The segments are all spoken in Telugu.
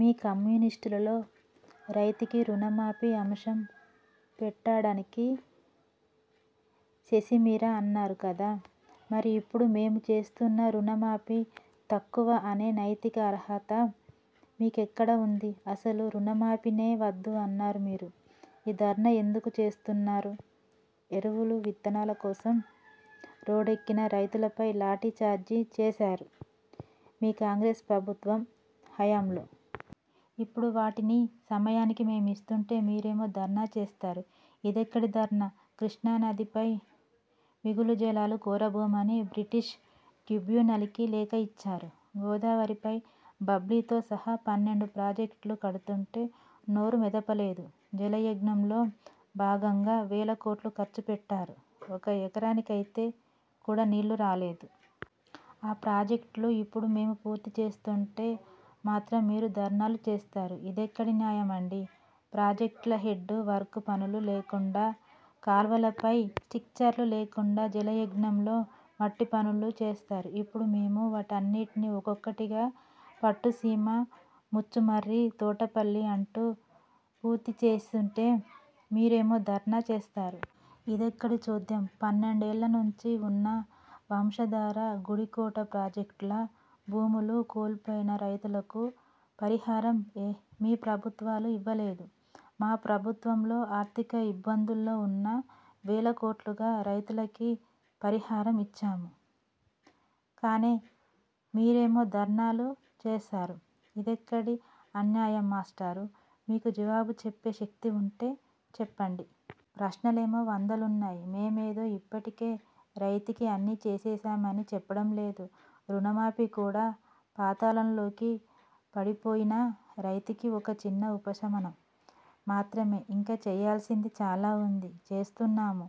మీ మ్యానిఫెస్టోలో రైతులకి రుణమాఫీ అంశం పెట్టడానికి ససేమిరా అన్నారు కదా? మరి ఇప్పుడు మేము చేస్తున్న రుణమాఫీ తక్కువ అనే నైతిక అర్హత మీకెక్కడ వుంది? ఆసలు రుణమాఫీనే వద్దు అన్న మీరు, ఈ ధర్నా ఎందుకు చేస్తున్నట్టు? ఎరువుల, విత్తనాల కోసం రోడ్దేక్కిన రైతులపై లాఠీ చార్జీ చేసారు, మీ కాంగ్రెస్ ప్రభుత్వ హయాంలో. ఇప్పుడు వాటిని సమయానికి మేమిస్తుంటే, మీరేమో ధర్నా చేస్తారు. ఇదెక్కడి ధర్నా? కృష్ణా నదిపై మిగులు జలాలు కోరబోమని బ్రిజేష్ ట్రిబ్యునల్కి లేఖ ఇచ్చారు. గోదావరిపై బాబ్లీతో సహా పన్నెండు ప్రాజెక్టులు కడుతుంటే నోరు మెదపలేదు. జలయజ్ఞంలో భాగంగా వేల కోట్లు ఖర్చు పెట్టారు. ఒక ఎకరానికైతే కూడా నీళ్ళు రాలేదు. ఆ ప్రాజెక్టులు ఇప్పుడు మేము పూర్తి చేస్తుంటే మాత్రం మీరు ధర్నాలు చేస్తారు. ఇదెక్కడి న్యాయం అండీ? ప్రాజెక్టుల హెడ్ వర్క్ పనులు లేకుండా, కాల్వలపై స్ట్రక్చర్లు లేకుండా జలయజ్ఞంలో మట్టి పనులు చేసారు. ఇప్పుడు మేము వాటన్నింటినీ ఒక్కొకటిగా, పట్టుసీమ, ముచ్చుమర్రి, తోటపల్లి, అంటూ పూర్తి చేస్తుంటే, మీరేమో ధర్నా చేస్తారు. ఇదెక్కడి చోద్యం? పన్నెండేళ్ళ నుంచీ వున్న, వంశధార, గండికోట ప్రాజెక్టుల భూములు కోల్పోయిన రైతులకు పరిహారం మీ ప్రభుత్వాలు ఇవ్వలేదు. మా ప్రభుత్వంలో ఆర్థిక ఇబ్బందుల్లో వున్నా, వేల కోట్లుగా, రైతులకి పరిహారం ఇచ్చాము. కానే మీరేమో ధర్నాలు చేస్తారు! ఇదెక్కడి అన్యాయం మాస్టారు? మీకు జవాబు చెప్పే శక్తి వుంటే చెప్పండి. ప్రశ్నలైతే వందలు వున్నాయి. మేమేదో ఇప్పటికే రైతుకి అన్నీ చేసేసామని చెప్పటం లేదు. రుణమాఫీ కూడా, పాతాళంలోకి పడిపోయిన రైతుకి ఒక చిన్న ఉపశమనం మాత్రమే. ఇంకా చేయాల్సింది చాలా వుంది. చేస్తున్నాము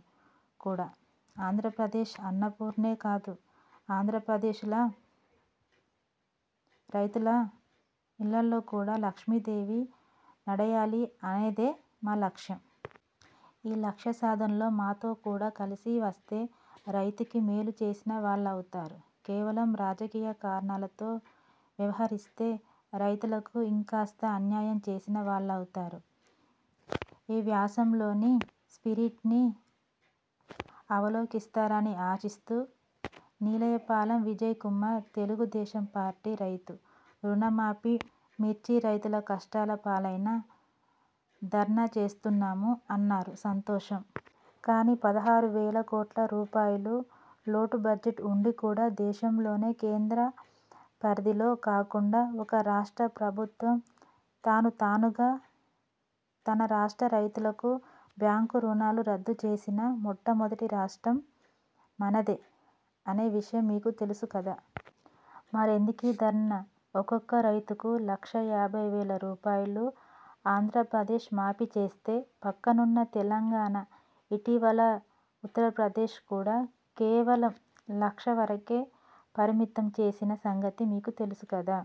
కూడా. ఆంధ్రప్రదేశ్ అన్నపూర్ణే కాదు, ఆంధ్రప్రదేశ్ రైతుల ఇళ్ళల్లో కూడా లక్ష్మీదేవి నడయాడాలి అనేదే మా లక్ష్యం. ఈ లక్ష్యసాధనలో మాతో కూడా కలిసి వస్తే రైతులకి మేలు చేసిన వాళ్ళవుతారు. కేవలం రాజకీయ కారణాలతో వ్యవహరిస్తే రైతులకు ఇంకాస్త అన్యాయం చేసిన వాళ్ళవుతారు. ఈ వ్యాసంలోని 'స్పిరిట్'ని అవలోకిస్తారని ఆశిస్తూ నీలయపాలెం విజయ్ కుమార్ తెలుగు దేశం పార్టీ రైతు రుణమాఫీ, మిర్చి రైతుల కష్టాల పైనా ధర్నా చేస్తున్నాము అన్నారు, సంతోషం. కానీ పదహారు వేల కోట్ల రూపాయలు లోటు బడ్జెట్ వుండి కూడా, దేశంలోనే, కేంద్ర పరిధిలో కాకుండా, ఒక రాష్ట్ర ప్రభుత్వం తను తానుగా, తన రాష్ట్ర రైతులకు బ్యాంకు రుణాలు రద్దు చేసిన మొట్టమొదటి రాష్ట్రం మనదే అనే విషయం మీకు తెలుసు కదా! మరెందుకీ ధర్నా? ఒక్కొక్క రైతుకు లక్ష యాభై వేల రూపాయలు ఆంధ్రప్రదేశ్ మాఫీ చేస్తే, పక్కనున్న తెలంగాణ, ఇటీవల ఉత్తరప్రదేశ్ కూడా, కేవలం లక్ష వరకే పరిమితం చేసిన సంగతి మీకు తెలుసు కదా?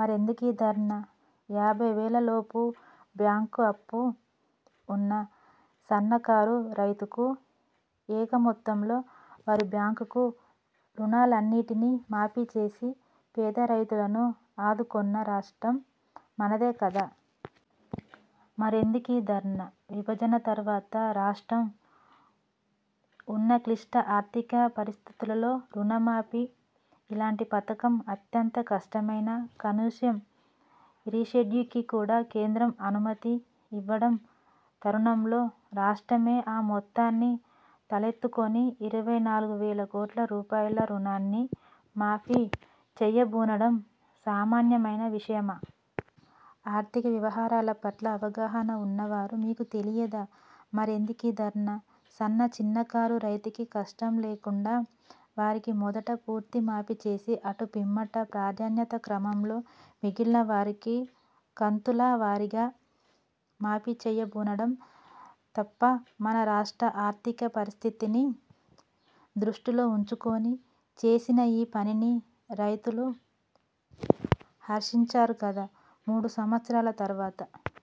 మరెందుకీ ధర్నా? యాభైవేల లోపు బ్యాంకు అప్పు వున్న సన్న, చిన్నకారు, రైతులకు ఏక మొత్తంలో వారి బ్యాంకు రుణాలన్నింటినీ మాఫీ చేసి పేద రైతులను ఆదుకొన్న రాష్ట్రం మనదే కదా? మరెందుకీ ధర్నా? విభజన తర్వాత రాష్ట్రం వున్న క్లిష్ట ఆర్థిక పరిస్థితులలో, రుణమాఫీ లాంటి పథకం అత్యంత కష్టమైనా, కనీసం రీషెడ్యూల్కి కూడా కేంద్రం అనుమతి ఇవ్వని తరుణంలో, రాష్ట్రమే ఆ మొత్తాన్ని తలకెత్తుకొని ఇరవై నాలుగు వేల కోట్ల రూపాయల రుణాన్ని మాఫీ చేయబూనడం సామాన్యమైన విషయమా? ఆర్థిక వ్యవహారాల పట్ల అవగాహన వున్నవారు, మీకు తెలియదా? మరెందుకీ ధర్నా? సన్న చిన్న కారు రైతులకి కష్టం లేకుండా వారికి మొదట పూర్తి మాఫీ చేసి, అటు పిమ్మట, ప్రాధాన్యతా క్రమంలో మిగిలిన వారికి కంతుల వారీగా మాఫీ చేయబూనడం తప్పా? మన రాష్ట్ర ఆర్థిక పరిస్థితిని దృష్టిలో వుంచుకొని చేసిన ఈ పనిని రైతులు హర్షించారు కదా! మూడు సంవత్సరాల తర్వాత